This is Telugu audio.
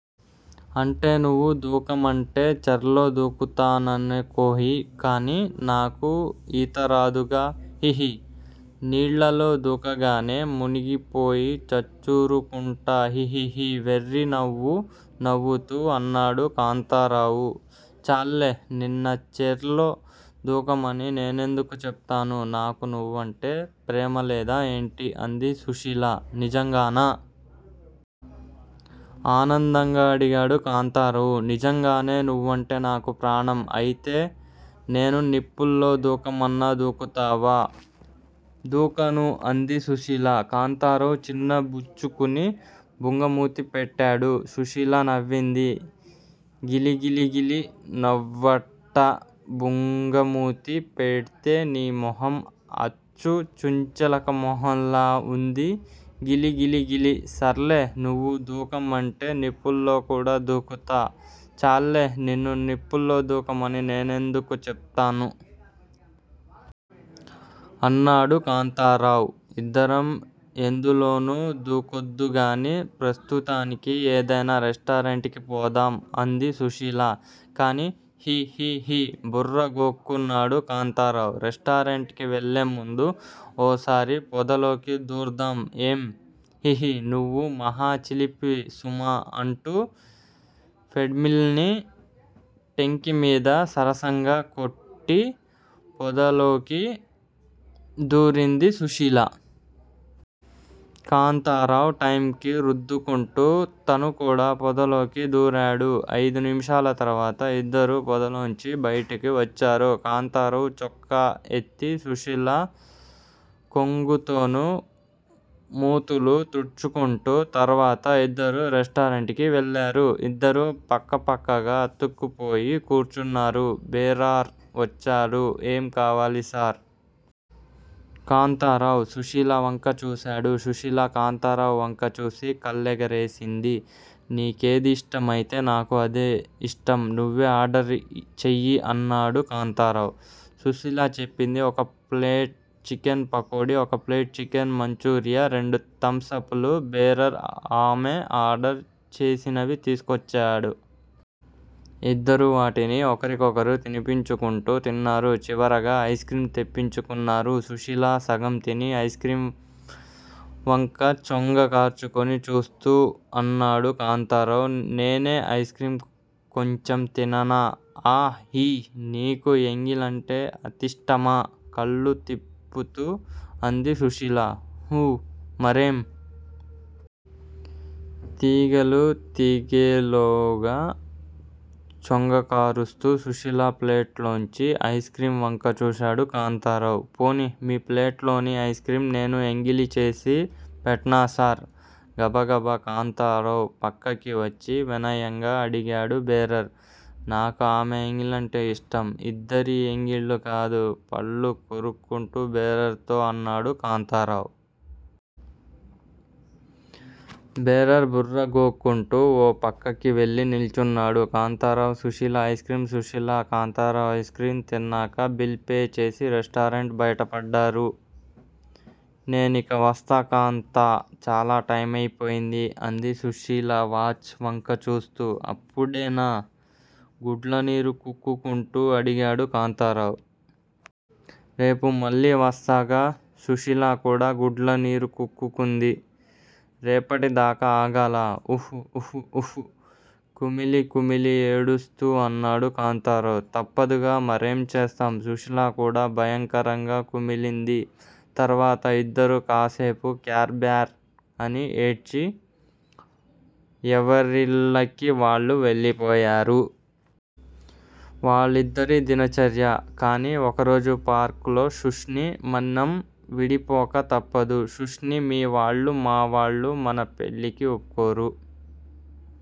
అంటే నువ్వు దూకమంటే చెర్లో దూకుతాననె హి కానీ నాకు ఈతరాదుగా! హిహి నీళ్లలో దూకగానే మునిగిపోయి చచ్చూరుకుంటా హిహిహి వెర్రి నవ్వు నవ్వుతూ అన్నాడు కాంతారావు. చాల్లే నిన్న చెర్లో దూకమని నేనెందుకు చెప్తాను? నాకు నువ్వంటే ప్రేమలేదా ఏంటి? అంది సుశీల. నిజంగానా? ఆనందంగా అడిగాడు కాంతారావు. నిజంగానే నువ్వంటే నాకు ప్రాణం అయితే నేను నిప్పుల్లో దూకమన్నా దూకుతావా?. దూకను అంది సుశీల. కాంతారావ్ చిన్నబుచ్చుకుని బుంగమూతి పెట్టాడు. సుశీల నవ్వింది. గిలి గిలిగిలి నవ్వట్టా బుంగమూతి పెడ్తే నీ మొహం అచ్చు చుంచెలక మొహంలా ఉంది గిలి గిలిగిలి సర్లే నువ్వు దూకమంటే నిప్పుల్లో కూడా దూకుతా చాల్లే నిన్ను నిప్పుల్లో దూకమని నేనెందుకు చెప్తానూ? అన్నాడు కాంతారావ్. ఇద్దరం ఎందులోనూ దూకొద్దుగానీ ప్రస్తుతానికి ఏదైనా రెస్టారెంట్ కి పోదాం అంది సుశీల. కానీ హి హిహి బుర్ర గోక్కున్నాడు కాంతారావ్. రెస్టారెంట్ కి వెళ్ళే ముందు ఓసారి పొదలోకి దూర్దాం ఏం? హిహి నువ్వు మహా చిలిపి సుమా అంటూ ఫెడీల్మని టెంకిమీద సరసంగా కొట్టి పొదలోకి దూరింది సుశీల. కాంతారావ్ టైంకి రుద్దుకుంటూ తను కూడా పొదలోకి దూరాడు. అయిదు నిమిషాల తర్వాత ఇద్దరూ పోదలోంచి బయటికి వచ్చారు. కాంతారావు చొక్కా ఎత్తి, సుశీల కొంగుతోనూ మూతులు తుడ్చుకుంటూ. తర్వాత ఇద్దరూ రెస్టారెంట్ కి వెళ్ళారు. ఇద్దరూ పక్కపక్కగా అతుక్కుపోయి కూర్చున్నారు. బేరార్ వచ్చాడు. ఏం కావాలి సార్? కాంతారావు సుశీల వంక చూశాడు. సుశీల కాంతారావు వంక చూసి కళ్లెగరేసింది. నీకేది ఇష్టమైతే నాకూ అదే ఇష్టం నువ్వే ఆర్డర్ చెయ్యి అన్నాడు కాంతారావు. సుశీల చెప్పింది ఒక ప్లేట్ చికెన్ పకోడి ఒక ప్లేట్ చికెన్ మంచూరియా రెండు థమ్స్ అప్ లు బేరర్ ఆమె ఆర్డర్ చేసినవి తీస్కోచ్చాడు. ఇద్దరూ వాటిని ఒకరికొకరు తినిపించుకుంటూ తిన్నారు. చివరగా ఐస్క్రీం తెప్పించుకున్నారు. సుశీల సగం తిని ఐస్ర్కీం వంక చొంగ కార్చుకొని చూస్తూ అన్నాడు కాంతారావ్. నేనే ఐస్ర్కీం కొంచెం తిననా? ఆ! హి! నీకు ఎంగిలంటే అంతిష్టమా? కళ్ళు తిప్పుతూ అంది సుశీల. ఊ మరేం! తీగెలు తీగెలుగా చొంగకారుస్తూ సుశీల ప్లేట్ లోని ఐస్ర్కీం వంక చూశాడు కాంతారావ్. పోనీ! మీ ప్లేట్ం లోని ఐస్ర్కీం నేను ఎంగిలి చేసి పెట్నా సార్? గబగబా కాంతారావ్ పక్కకి వచ్చి వినయంగా అడిగాడు బేరర్. నాకు ఆమె ఎంగిలంటే ఇష్టం ఇద్దరి ఎంగిళ్ళూ కాదు పళ్ళు కొరుకుతూ బేరర్ తో అన్నాడు కాంతారావ్. బేరర్ బుర్ర గోక్కుంటూ ఓ పక్కకి వెళ్ళి నిల్చున్నాడు. కాంతారావు సుశీల ఐస్ర్కీం, సుశీల కాంతారావు ఐస్ర్కీం తిన్నాక బిల్ పే చేసి రెస్టారెంట్ బయటపడ్డారు. నేనిక వస్తా కాంతా చాలా టైమైపోయింది అంది సుశీల వాచ్ వంక చూస్తూ. అప్పుడేనా? గుడ్లనీరు కుక్కుకుంటూ అడిగాడు కాంతారావ్. రేపు మళ్ళీ వస్తాగా సుశీల కూడా గుడ్లనీరు కుక్కుకుంది. రేపటిదాకా ఆగాలా? ఉహు ఉహు ఉహు కుమిలి కుమిలి ఏడుస్తూ అన్నాడు కాంతారావ్. తప్పదుగా మరేం చేస్తాం? సుశీల కూడా భయకరంగా కుమిలింది. తర్వాత ఇద్దరూ కాస్సేపు క్యార్ బ్యార్ అని ఏడ్చి ఎవరిళ్ళకి వాళ్ళు వెళ్ళిపోయారు. వాళ్లిద్దరి దినచర్య. కానీ ఒకరోజు పార్కులో సుశ్నీ మనం విడిపోక తప్పదు సుశ్నీ మీ వాళ్ళూ మా వాళ్ళూ మన పెళ్ళికి ఒప్పుకోరు.